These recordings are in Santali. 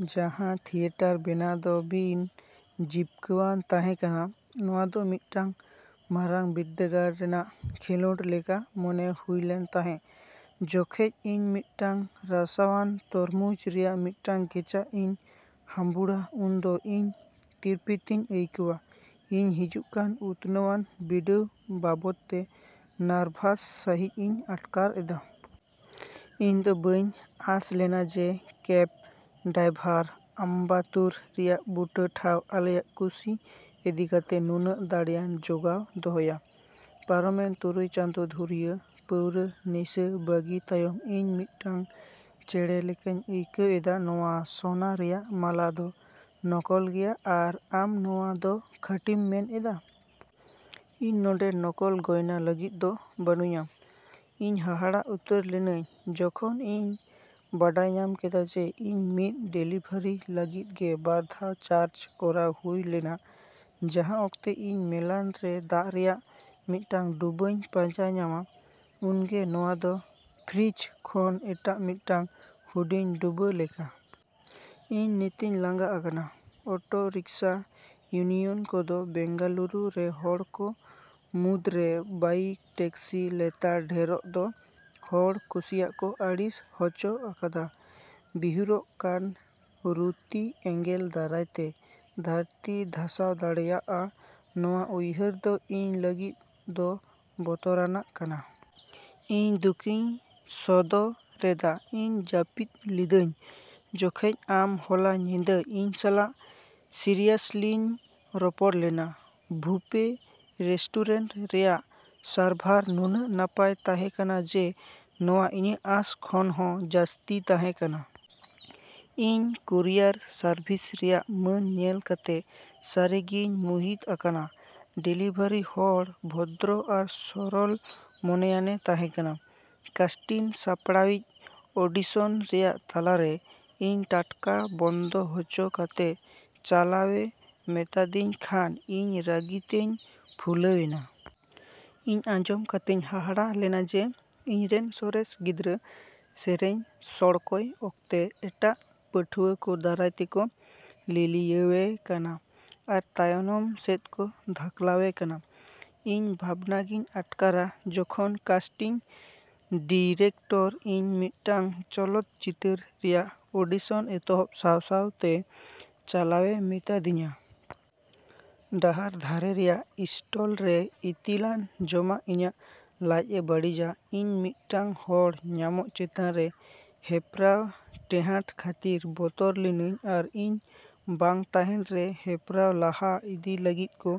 ᱡᱟᱦᱟᱸ ᱛᱷᱤᱭᱮᱴᱟᱨ ᱵᱮᱱᱟᱣ ᱫᱚ ᱵᱤᱱ ᱡᱤᱵᱠᱟᱹᱣᱟᱱ ᱛᱟᱦᱮᱸ ᱠᱟᱱᱟ᱾ᱱᱚᱶᱟ ᱫᱚ ᱢᱤᱫᱴᱟᱝ ᱢᱟᱨᱟᱝ ᱵᱤᱨᱫᱟᱹᱜᱟᱲ ᱨᱮᱭᱟᱜ ᱠᱷᱮᱞᱳᱰ ᱞᱮᱠᱟ ᱢᱚᱱᱮ ᱦᱩᱭᱞᱮᱱ ᱛᱟᱦᱮᱸ᱾ ᱡᱚᱠᱷᱚᱡ ᱤᱧ ᱢᱤᱫᱴᱟᱝ ᱨᱟᱥᱟᱣᱟᱱ ᱛᱚᱨᱢᱩᱡᱽ ᱨᱮᱭᱟᱜ ᱢᱤᱫᱴᱟᱝ ᱠᱮᱪᱟᱜ ᱤᱧ ᱦᱟᱺᱵᱩᱲᱟ ᱩᱱᱫᱚ ᱤᱧ ᱛᱤᱨᱯᱤᱛᱤᱧ ᱟᱹᱭᱠᱟᱹᱣᱟ᱾ ᱤᱧ ᱦᱤᱡᱩᱜᱠᱟᱱ ᱩᱛᱱᱟᱹᱣᱟᱱ ᱵᱤᱰᱟᱹᱣ ᱵᱟᱵᱚᱫᱛᱮ ᱱᱟᱨᱵᱷᱟᱥ ᱥᱟᱹᱦᱤᱡ ᱤᱧ ᱟᱴᱠᱟᱨ ᱮᱫᱟ᱾ ᱤᱧᱫᱚ ᱵᱟᱹᱧ ᱟᱸᱥᱞᱮᱱᱟ ᱡᱮ ᱠᱮᱵ ᱰᱟᱭᱵᱷᱟᱨ ᱟᱢᱵᱟᱛᱩᱨ ᱨᱮᱭᱟᱜ ᱵᱩᱴᱟᱹ ᱴᱷᱟᱣ ᱟᱞᱮᱭᱟᱜ ᱠᱩᱥᱤ ᱤᱫᱤ ᱠᱟᱛᱮ ᱱᱩᱱᱟᱹᱜ ᱫᱟᱲᱮᱭᱟᱱ ᱡᱚᱜᱟᱣ ᱫᱚᱦᱚᱭᱟ᱾ ᱯᱟᱨᱚᱢᱮᱱ ᱛᱩᱨᱩᱭ ᱪᱟᱸᱫᱳ ᱫᱷᱩᱨᱤᱭᱟᱹ ᱯᱟᱹᱣᱨᱟᱹ ᱱᱤᱥᱟᱹ ᱵᱟᱹᱜᱤ ᱛᱟᱭᱚᱢ ᱤᱧ ᱢᱤᱫᱴᱟᱝ ᱪᱮᱬᱮ ᱞᱮᱠᱟᱧ ᱟᱹᱭᱠᱟᱹᱣ ᱮᱫᱟ᱾ ᱱᱚᱣᱟ ᱥᱚᱱᱟ ᱨᱮᱭᱟᱜ ᱢᱟᱞᱟ ᱫᱚ ᱱᱚᱠᱚᱞ ᱜᱮᱭᱟ ᱟᱨ ᱟᱢ ᱱᱚᱣᱟ ᱫᱚ ᱠᱷᱟᱹᱴᱤᱢ ᱢᱮᱱ ᱮᱫᱟ? ᱤᱧ ᱱᱚᱰᱮᱸ ᱱᱚᱠᱚᱞ ᱜᱚᱭᱱᱟ ᱞᱟᱹᱜᱤᱫ ᱫᱚ ᱵᱟᱹᱱᱩᱧᱟ! ᱤᱧ ᱦᱟᱦᱟᱲᱟᱜ ᱩᱛᱟᱹᱨ ᱞᱤᱱᱟᱹᱧ ᱡᱚᱠᱷᱚᱱ ᱤᱧ ᱵᱟᱰᱟᱭ ᱧᱟᱢ ᱠᱮᱫᱟ ᱡᱮ ᱤᱧ ᱢᱤᱫ ᱰᱮᱞᱤᱵᱷᱟᱨᱤ ᱞᱟᱹᱜᱤᱫ ᱜᱮ ᱵᱟᱨ ᱫᱷᱟᱣ ᱪᱟᱨᱡᱽ ᱠᱚᱨᱟᱣ ᱦᱩᱭ ᱞᱮᱱᱟ᱾ ᱡᱟᱦᱟᱸ ᱚᱠᱛᱮ ᱤᱧ ᱢᱮᱞᱟᱱ ᱨᱮ ᱫᱟᱜ ᱨᱮᱭᱟᱜ ᱢᱤᱫᱴᱟᱝ ᱰᱩᱵᱟᱹᱧ ᱯᱟᱸᱡᱟ ᱧᱟᱢᱟ, ᱩᱱᱜᱮ ᱱᱚᱣᱟ ᱫᱚ ᱯᱷᱨᱤᱡᱽ ᱠᱷᱚᱱ ᱮᱴᱟᱜ ᱢᱤᱫᱴᱟᱝ ᱦᱩᱰᱤᱧ ᱰᱩᱵᱟᱹ ᱞᱮᱠᱟ᱾ ᱤᱧ ᱱᱤᱛᱤᱧ ᱞᱟᱸᱜᱟ ᱟᱠᱟᱱᱟ᱾ ᱚᱴᱚ ᱨᱤᱠᱥᱟ ᱤᱭᱩᱱᱤᱭᱚᱱ ᱠᱚᱫᱚ ᱵᱮᱝᱜᱟᱞᱩᱨᱩ ᱨᱮ ᱦᱚᱲ ᱠᱚ ᱢᱩᱫᱽᱨᱮ ᱵᱟᱭᱤᱠ ᱴᱮᱠᱥᱤ ᱞᱮᱛᱟᱲ ᱰᱷᱮᱨᱚᱜ ᱫᱚ ᱦᱚᱲ ᱠᱩᱥᱤᱭᱟᱜ ᱠᱚ ᱟᱹᱲᱤᱥ ᱦᱚᱪᱚ ᱟᱠᱟᱫᱟ᱾ ᱵᱤᱦᱩᱨᱚᱜ ᱠᱟᱱ ᱨᱩᱛᱤ ᱮᱸᱜᱮᱞ ᱫᱟᱨᱟᱭᱛᱮ ᱫᱷᱟᱹᱨᱛᱤ ᱫᱷᱟᱥᱟᱣ ᱫᱟᱲᱮᱭᱟᱜᱼᱟ ᱱᱚᱣᱟ ᱩᱭᱦᱟᱹᱨ ᱫᱚ ᱤᱧ ᱞᱟᱹᱜᱤᱫ ᱫᱚ ᱵᱚᱛᱚᱨᱟᱱᱟᱜ ᱠᱟᱱᱟ᱾ ᱤᱧ ᱫᱩᱠᱤᱧ ᱥᱚᱫᱚ ᱨᱮᱫᱟ ᱤᱧ ᱡᱟᱹᱯᱤᱫ ᱞᱤᱫᱟᱹᱧ ᱡᱚᱠᱷᱮᱡ ᱟᱢ ᱦᱚᱞᱟ ᱧᱤᱫᱟᱹ ᱤᱧ ᱥᱟᱞᱟᱜ ᱥᱤᱨᱤᱭᱟᱥᱞᱤᱧ ᱨᱚᱯᱚᱲ ᱞᱮᱱᱟ᱾ ᱵᱩᱯᱷᱮ ᱨᱮᱥᱴᱩᱨᱮᱱᱴ ᱨᱮᱭᱟᱜ ᱥᱟᱨᱵᱷᱟᱨ ᱱᱩᱱᱟᱹᱜ ᱱᱟᱯᱟᱭ ᱛᱟᱦᱮᱸ ᱠᱟᱱᱟ ᱡᱮ ᱱᱚᱣᱟ ᱤᱧᱟᱹᱜ ᱟᱸᱥ ᱠᱷᱚᱱ ᱦᱚᱸ ᱡᱟᱹᱥᱛᱤ ᱛᱟᱦᱮᱸ ᱠᱟᱱᱟ᱾ ᱤᱧ ᱠᱩᱨᱤᱭᱟᱨ ᱥᱟᱨᱵᱷᱤᱥ ᱨᱮᱭᱟᱜ ᱢᱟᱹᱱ ᱧᱮᱞ ᱠᱟᱛᱮ ᱥᱟᱹᱨᱤ ᱜᱤᱧ ᱢᱩᱦᱤᱛ ᱟᱠᱟᱱᱟ᱾ ᱰᱮᱞᱤᱵᱷᱟᱨᱤ ᱦᱚᱲ ᱵᱷᱚᱫᱨᱚ ᱟᱨ ᱥᱚᱨᱚᱞ ᱢᱚᱱᱮᱭᱟᱱ ᱮ ᱛᱟᱦᱮᱸ ᱠᱟᱱᱟ᱾ ᱠᱟᱥᱴᱤᱱ ᱥᱟᱯᱲᱟᱣᱤᱡ ᱚᱰᱤᱥᱚᱱ ᱨᱮᱭᱟᱜ ᱛᱟᱞᱟ ᱨᱮ ᱤᱧ ᱴᱟᱴᱠᱟ ᱵᱚᱱᱫᱚ ᱦᱚᱪᱚ ᱠᱟᱛᱮ ᱪᱟᱞᱟᱣᱮ ᱢᱮᱛᱟᱫᱤᱧ ᱠᱷᱟᱱ ᱤᱧ ᱨᱟᱹᱜᱤᱛᱮᱧ ᱯᱷᱩᱞᱟᱹᱣᱮᱱᱟ᱾ ᱤᱧ ᱟᱸᱡᱚᱢ ᱠᱟᱛᱮᱧ ᱦᱟᱦᱟᱲᱟᱜ ᱞᱮᱱᱟ ᱡᱮ ᱤᱧᱨᱮᱱ ᱥᱚᱨᱮᱥ ᱜᱤᱫᱽᱨᱟᱹ ᱥᱮᱨᱮᱧ ᱥᱚᱲᱠᱚᱭ ᱚᱠᱛᱮ ᱮᱴᱟᱜ ᱯᱟᱹᱴᱷᱩᱣᱟ ᱠᱚ ᱫᱟᱨᱟᱭ ᱛᱮᱠᱚ ᱞᱤᱞᱤᱭᱟᱹᱣᱮ ᱠᱟᱱᱟ ᱟᱨ ᱛᱟᱭᱚᱱᱚᱢ ᱥᱮᱫ ᱠᱚ ᱫᱷᱟᱠᱞᱟᱣᱮ ᱠᱟᱱᱟ᱾ ᱤᱧ ᱵᱷᱟᱵᱽᱱᱟ ᱜᱮᱧ ᱟᱴᱠᱟᱨᱟ ᱡᱚᱠᱷᱚᱱ ᱠᱟᱥᱴᱤᱝ ᱰᱤᱨᱮᱠᱴᱚᱨ ᱤᱧ ᱢᱤᱫᱴᱟᱝ ᱪᱚᱞᱚᱛ ᱪᱤᱛᱟᱹᱨ ᱨᱮᱭᱟᱜ ᱚᱰᱤᱥᱚᱱ ᱮᱛᱚᱦᱚᱵ ᱥᱟᱶ ᱥᱟᱶᱛᱮ ᱪᱟᱞᱟᱣᱮ ᱢᱤᱛᱟᱹᱫᱤᱧᱟ᱾ ᱰᱟᱦᱟᱨ ᱫᱷᱟᱨᱮ ᱨᱮᱭᱟᱜ ᱤᱥᱴᱚᱞᱨᱮ ᱤᱛᱤᱞᱟᱱ ᱡᱚᱢᱟᱜ ᱤᱧᱟᱹᱜ ᱞᱟᱡᱽᱼᱮ ᱵᱟᱹᱲᱤᱡᱟ᱾ ᱤᱧ ᱢᱤᱫᱴᱟᱝ ᱦᱚᱲ ᱧᱟᱢᱚᱜ ᱪᱮᱛᱟᱱ ᱨᱮ ᱦᱮᱯᱨᱟᱣ ᱴᱮᱦᱟᱸᱰ ᱠᱷᱟᱹᱛᱤᱨ ᱵᱚᱛᱚᱨ ᱞᱤᱱᱟᱹᱧ ᱟᱨ ᱤᱧ ᱵᱟᱝ ᱛᱟᱦᱮᱱ ᱨᱮ ᱦᱮᱯᱨᱟᱣ ᱞᱟᱦᱟ ᱤᱫᱤ ᱞᱟᱹᱜᱤᱫ ᱠᱚ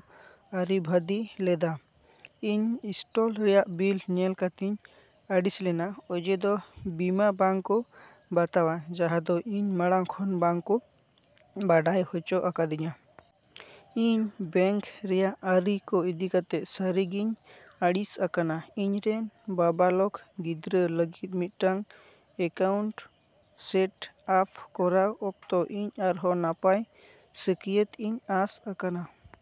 ᱟᱹᱨᱤᱵᱟᱸᱫᱤ ᱞᱮᱫᱟ᱾ ᱤᱧ ᱤᱥᱴᱚᱞ ᱨᱮᱭᱟᱜ ᱵᱤᱞ ᱧᱮᱞ ᱠᱟᱛᱮᱧ ᱟᱹᱲᱤᱥ ᱞᱮᱱᱟ ᱚᱡᱮ ᱫᱚ ᱵᱤᱢᱟ ᱵᱟᱝ ᱠᱚ ᱵᱟᱛᱟᱣᱟ ᱡᱟᱦᱟᱸ ᱫᱚ ᱤᱧ ᱢᱟᱲᱟᱝ ᱠᱷᱚᱱ ᱵᱟᱝ ᱠᱚ ᱰᱟᱰᱟᱭ ᱦᱚᱪᱚ ᱟᱠᱟᱫᱤᱧᱟᱹ᱾ ᱤᱧ ᱵᱮᱝᱠ ᱨᱮᱭᱟᱜ ᱟᱹᱨᱤ ᱠᱚ ᱤᱫᱤ ᱠᱟᱛᱮ ᱥᱟᱹᱨᱤᱜᱤᱧ ᱟᱹᱲᱤᱥ ᱟᱠᱟᱱᱟ᱾ ᱤᱧᱨᱮᱱ ᱱᱟᱵᱟᱞᱚᱠ ᱜᱤᱫᱽᱨᱟᱹ ᱞᱟᱹᱜᱤᱫ ᱢᱤᱫᱴᱟᱝ ᱮᱠᱟᱣᱩᱱᱴ ᱥᱮᱴᱼᱟᱯ ᱠᱚᱨᱟᱣ ᱚᱠᱛᱚ ᱤᱧ ᱟᱨᱦᱚᱸ ᱱᱟᱯᱟᱭ ᱥᱟᱹᱠᱭᱟᱹᱛ ᱤᱧ ᱟᱸᱥ ᱟᱠᱟᱱᱟ᱾